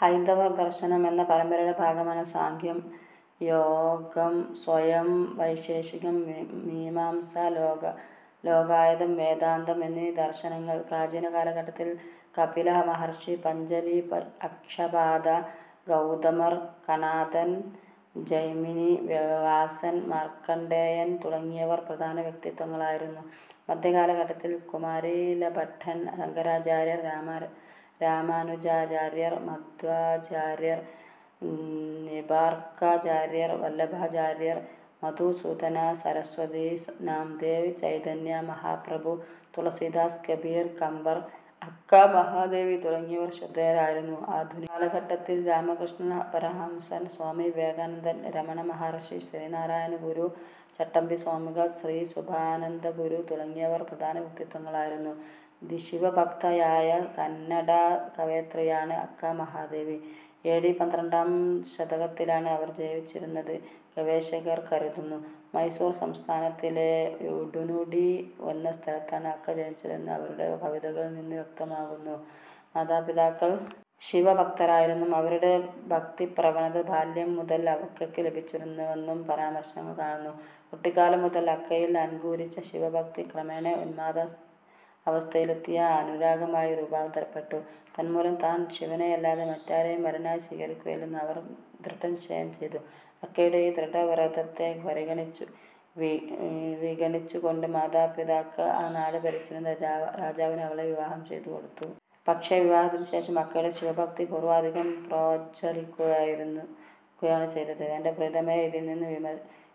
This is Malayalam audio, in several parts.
ഹൈന്ദവദർശനം എന്ന പരമ്പരയുടെ ഭാഗമാണ് സാംഖ്യം, യോഗം, സ്വയം, വൈശേഷികം, മീമാംസ, ലോകായതം, വേദാന്തം എന്നീ ദർശനങ്ങൾ. പ്രാചീന കാലഘട്ടത്തിൽ കപില മഹർഷി, പതഞ്ജലി, അക്ഷപാദ ഗൗതമർ, കണാദൻ, ജൈമിനി, വ്യാസൻ, മാർക്കണ്ഡേയൻ തുടങ്ങിയവർ പ്രധാന വ്യക്തിത്വങ്ങളായിരുന്നു. മധ്യകാലഘട്ടത്തിൽ കുമാരിലഭട്ടൻ, ശങ്കരാചാര്യർ, രാമാനുജാചാര്യർ, മധ്വാചാര്യർ, നിംബാർക്കാചാര്യർ, വല്ലഭാചാര്യർ, മധുസൂദന സരസ്വതി, നാംദേവ്, ചൈതന്യ മഹാപ്രഭു, തുളസീദാസ്, കബീർ, കമ്പർ, അക്ക മഹാദേവി തുടങ്ങിയവർ ശ്രദ്ധേയരായിരുന്നു. ആധുനിക കാലഘട്ടത്തിൽ രാമകൃഷ്ണ പരമഹംസർ, സ്വാമി വിവേകാനന്ദൻ, രമണ മഹർഷി, ശ്രീനാരായണഗുരു, ചട്ടമ്പിസ്വാമികൾ, ശ്രീ ശുഭാനന്ദഗുരു തുടങ്ങിയവർ പ്രധാന വ്യക്തിത്വങ്ങളായിരുന്നു.ദി ശിവഭക്തയായ കന്നഡ കവയിത്രിയാണ് അക്ക മഹാദേവി. എ ഡി പന്ത്രണ്ടാം ശതകത്തിലാണ് അവർ ജീവിച്ചിരുന്നത് ഗവേഷകർ കരുതുന്നു. മൈസൂർ സംസ്ഥാനത്തിലെ ഉടുനുടി എന്ന സ്ഥലത്താണ് അക്ക ജനിച്ചതെന്ന് അവരുടെ കവിതകളിൽനിന്ന് വ്യക്തമാകുന്നു. മാതാപിതാക്കൾ ശിവഭക്തരായിരുന്നുവെന്നും അവരുടെ ഭക്തിപ്രവണത ബാല്യം മുതൽ അക്കയ്ക്ക് ലഭിച്ചിരുന്നുവെന്നും പരാമർശങ്ങൾ കാണുന്നു. കുട്ടിക്കാലം മുതൽ അക്കയിൽ അങ്കുരിച്ച ശിവഭക്തി ക്രമേണ ഉന്മാദാവസ്ഥയിലെത്തിയ അനുരാഗമായി രൂപാന്തരപ്പെട്ടു. തന്മൂലം താൻ ശിവനെയല്ലാതെ മറ്റാരെയും വരനായി സ്വീകരിക്കുകയില്ലെന്ന് അവർ ദൃഢനിശ്ചയം ചെയ്തു. അക്കയുടെ ഈ ദൃഢവ്രതത്തെ വിഗണിച്ചുകൊണ്ട് മാതാപിതാക്കൾ ആ നാട് ഭരിച്ചിരുന്ന രാജാവിന് അവളെ വിവാഹം ചെയ്തുകൊടുത്തു. പക്ഷേ വിവാഹത്തിനുശേഷം അക്കയുടെ ശിവഭക്തി പൂർവാധികം പ്രോജ്വലിക്കുകയാണ് ചെയ്തത്. തന്റെ പ്രിയതമയെ ഇതിൽനിന്ന്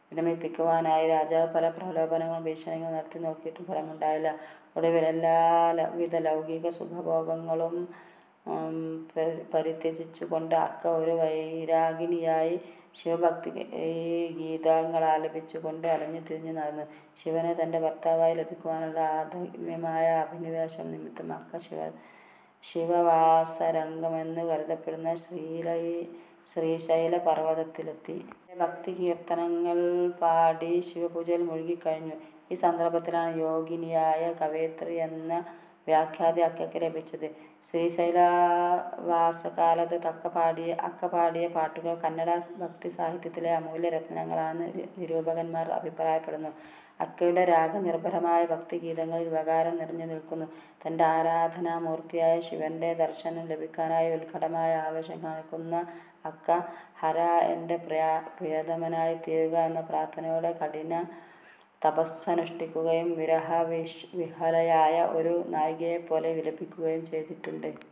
വിരമിപ്പിക്കുവാനായി രാജാവ് പല പ്രലോഭനങ്ങളും ഭീഷണികളും നടത്തിനോക്കിയിട്ടും ഫലമുണ്ടായില്ല. ഒടുവിൽ എല്ലാവിധ ലൗകികസുഖഭോഗങ്ങളും പരിത്യജിച്ചുകൊണ്ട് അക്ക ഒരു വൈരാഗിണിയായി ശിവഭക്തിഗീതങ്ങളാലപിച്ചുകൊണ്ട് അലഞ്ഞുതിരിഞ്ഞുനടന്നു. ശിവനെ തന്റെ ഭർത്താവായി ലഭിക്കുവാനുള്ള അദമ്യമായ അഭിനിവേശം നിമിത്തം അക്ക ശിവവാസരംഗമെന്ന് കരുതപ്പെടുന്ന ശ്രീശൈലപർവതത്തിലെത്തി. അവിടെ ഭക്തികീർത്തനങ്ങൾ പാടി ശിവപൂജയിൽ മുഴുകിക്കഴിഞ്ഞു. ഈ സന്ദർഭത്തിലാണ് യോഗിനിയായ കവയിത്രി എന്ന വിഖ്യാതി അക്കയ്ക്ക് ലഭിച്ചത്. ശ്രീശൈലവാസകാലത്ത് അക്ക പാടിയ പാട്ടുകൾ കന്നഡ ഭക്തിസാഹിത്യത്തിലെ അമൂല്യരത്നങ്ങളാണെന്ന് നിരൂപകന്മാർ അഭിപ്രായപ്പെടുന്നു. അക്കയുടെ രാഗനിർഭരമായ ഭക്തിഗീതങ്ങളിൽ വികാരം നിറഞ്ഞുനിൽക്കുന്നു. തന്റെ ആരാധനാമൂർത്തിയായ ശിവന്റെ ദർശനം ലഭിക്കാനായി ഉത്കടമായ ആവേശം കാണിക്കുന്ന അക്ക ഹരാ, എന്റെ പ്രിയതമനായിത്തീരുക എന്ന പ്രാർഥനയോടെ കഠിനതപസ്സനുഷ്ഠിക്കുകയും വിരഹവിഹ്വലയായ ഒരു നായികയെപ്പോലെ വിലപിക്കുകയും ചെയ്തിട്ടുണ്ട്.